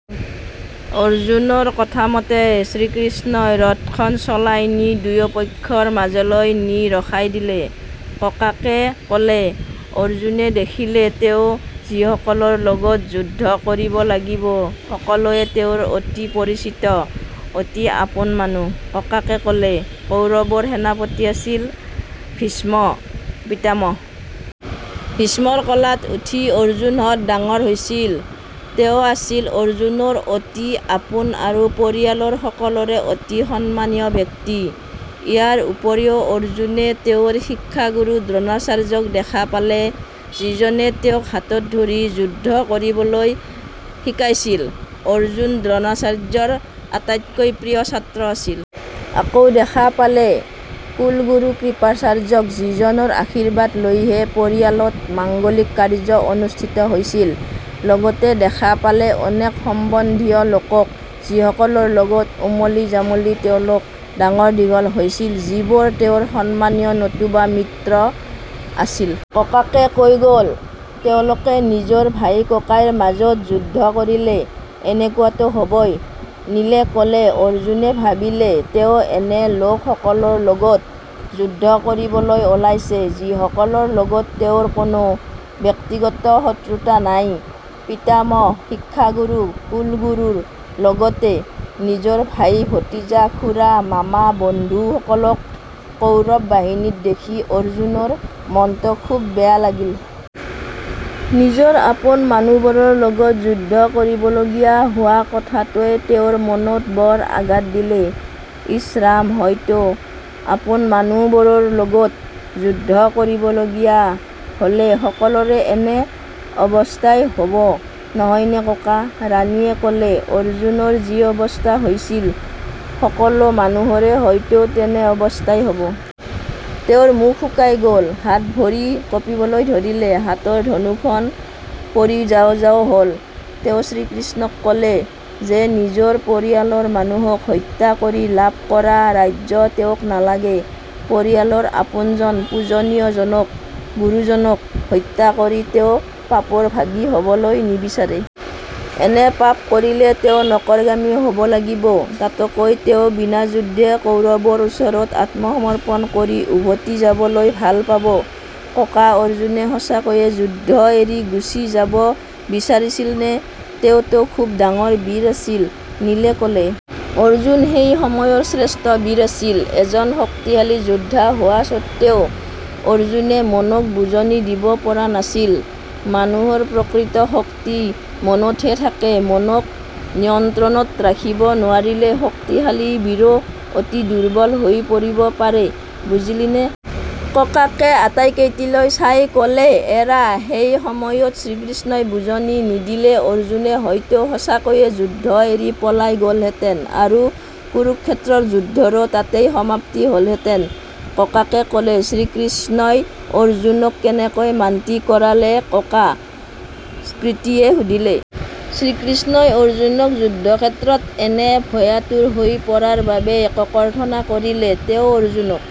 অৰ্জুনৰ কথামতে শ্ৰীকৃষ্ণই ৰথখন চলাই নি দুয়োপক্ষৰ মাজলৈ নি ৰখাই দিলে"। ককাকে ক'লে। "অৰ্জুনে দেখিলে তেওঁ যিসকলৰ লগত যুদ্ধ কৰিব লাগিব, সকলোৱে তেওঁৰ অতি পৰিচিত, অতি আপোন মানুহ"। ককাকে ক'লে। "কৌৰৱৰ সেনাপতি আছিল ভীষ্ম পিতামহ। ভীষ্মৰ কোলাত উঠি অৰ্জুনহঁত ডাঙৰ হৈছিল। তেওঁ আছিল অৰ্জুনৰ অতি আপোন আৰু পৰিয়ালৰ সকলোৰে অতি সন্মানীয় ব্যক্তি। ইয়াৰ উপৰিও অৰ্জুনে তেওঁৰ শিক্ষাগুৰু দ্ৰোণাচাৰ্যক দেখা পালে, যিজনে তেওঁক হাতত ধৰি যুদ্ধ কৰিবলৈ শিকাইছিল। অৰ্জুন দ্ৰোণাচাৰ্যৰ আটাইতকৈ প্ৰিয় ছাত্ৰ আছিল। আকৌ দেখা পালে কুলগুৰু কৃপাচাৰ্যক, যিজনৰ আশীৰ্বাদ লৈহে পৰিয়ালত মাংগলিক কাৰ্য অনুস্থিত হৈছিল। লগতে দেখা পালে অনেক সম্বন্ধীয় লোকক যিসকলৰ লগত ওমলি জামলি তেওঁলোক ডাঙৰ দীঘল হৈছিল, যিবোৰ তেওঁৰ সন্মানীয় নতুবা মিত্ৰ আছিল"। ককাকে কৈ গ'ল। "তেওঁলোকে নিজৰ ভাই ককাইৰ মাজত যুদ্ধ কৰিলে এনেকুৱাতো হ'বই", নীলে ক'লে। "অৰ্জুনে ভাবিলে তেওঁ এনে লোক সকলৰ লগত যুদ্ধ কৰিবলৈ ওলাইছে, যিসকলৰ লগত তেওঁৰ কোনো ব্যক্তিগত শত্ৰুতা নাই। পিতামহ, শিক্ষাগুৰু, কুলগুৰুৰ লগতে নিজৰ ভাই, ভতিজা, খুৰা, মামা, বন্ধু সকলক কৌৰৱ বাহিনীত দেখি অৰ্জুনৰ মনটো খুব বেয়া লাগিল। নিজৰ আপোন মানুহবোৰৰ লগত যুদ্ধ কৰিবলগীয়া হোৱা কথাটোৱে তেওঁৰ মনত বৰ আঘাত দিলে"। "ইছ ৰাম। হয়তো। আপোন মানুহ বোৰৰ লগত যুদ্ধ কৰিব লগীয়া হ'লে সকলোৰে এনে অৱস্থাই হ'ব, নহয়নে ককা"। ৰাণীয়ে ক'লে। "অৰ্জুনৰ যি অৱস্থা হৈছিল, সকলো মানুহৰে হয়তো তেনে অৱস্থাই হ'ব। তেওঁৰ মুখ শুকাই গ'ল, হাত ভৰি কঁপিবলৈ ধৰিলে, হাতৰ ধনুখন পৰি যাওঁ যাওঁ হ'ল। তেওঁ শ্ৰীকৃষ্ণক ক'লে যে নিজৰ পৰিয়ালৰ মানুহক হত্যা কৰি লাভ কৰা ৰাজ্য তেওঁক নালাগে। পৰিয়ালৰ আপোনজন, পূজনীয় জনক, গুৰুজনক হত্যা কৰি তেওঁ পাপৰ ভাগী হ'বলৈ নিবিচাৰে। এনে পাপ কৰিলে তেওঁ নৰকগামী হ'ব লাগিব। তাতকৈ তেওঁ বিনাযুদ্ধে কৌৰৱৰ ওচৰত আত্মসমৰ্পন কৰি উভতি যাবলৈ ভাল পাব"। "ককা, অৰ্জুনে সঁচাকৈয়ে যুদ্ধ এৰি গুচি যাব বিচাৰিছিলনে? তেওঁতো খুব ডাঙৰ বীৰ আছিল"। নীলে ক'লে। "অৰ্জুন সেই সময়ৰ শ্ৰেষ্ঠ বীৰ আছিল। এজন শক্তিশালী যোদ্ধা হোৱা সত্বেও অৰ্জুনে মনক বুজনি দিব পৰা নাছিল। মানুহৰ প্ৰকৃত শক্তি মনতহে থাকে। মনক নিয়ন্ত্ৰণত ৰাখিব নোৱাৰিলে শক্তিশালী বীৰো অতি দুৰ্বল হৈ পৰিব পাৰে, বুজিলিনে"? ককাকে আটাইকেইটিলৈ চাই ক'লে। "এৰা সেই সময়ত শ্ৰীকৃষ্ণই বুজনি নিদিলে অৰ্জুনে হয়তো সঁচাকৈয়ে যুদ্ধ এৰি পলাই গ'লহেঁতেন আৰু কুৰুক্ষেত্ৰৰ যুদ্ধৰো তাতেই সমাপ্তি হ'লহেঁতেন"। ককাকে ক'লে। "শ্ৰীকৃষ্ণই অৰ্জুনক কেনেকৈ মান্তি কৰালে ককা"? প্ৰীতিয়ে সুধিলে। "শ্ৰীকৃষ্ণই অৰ্জুনক যুদ্ধক্ষেত্ৰত এনে ভয়াতুৰ হৈ পৰাৰ বাবে ককৰ্থনা কৰিলে। তেওঁ অৰ্জুনক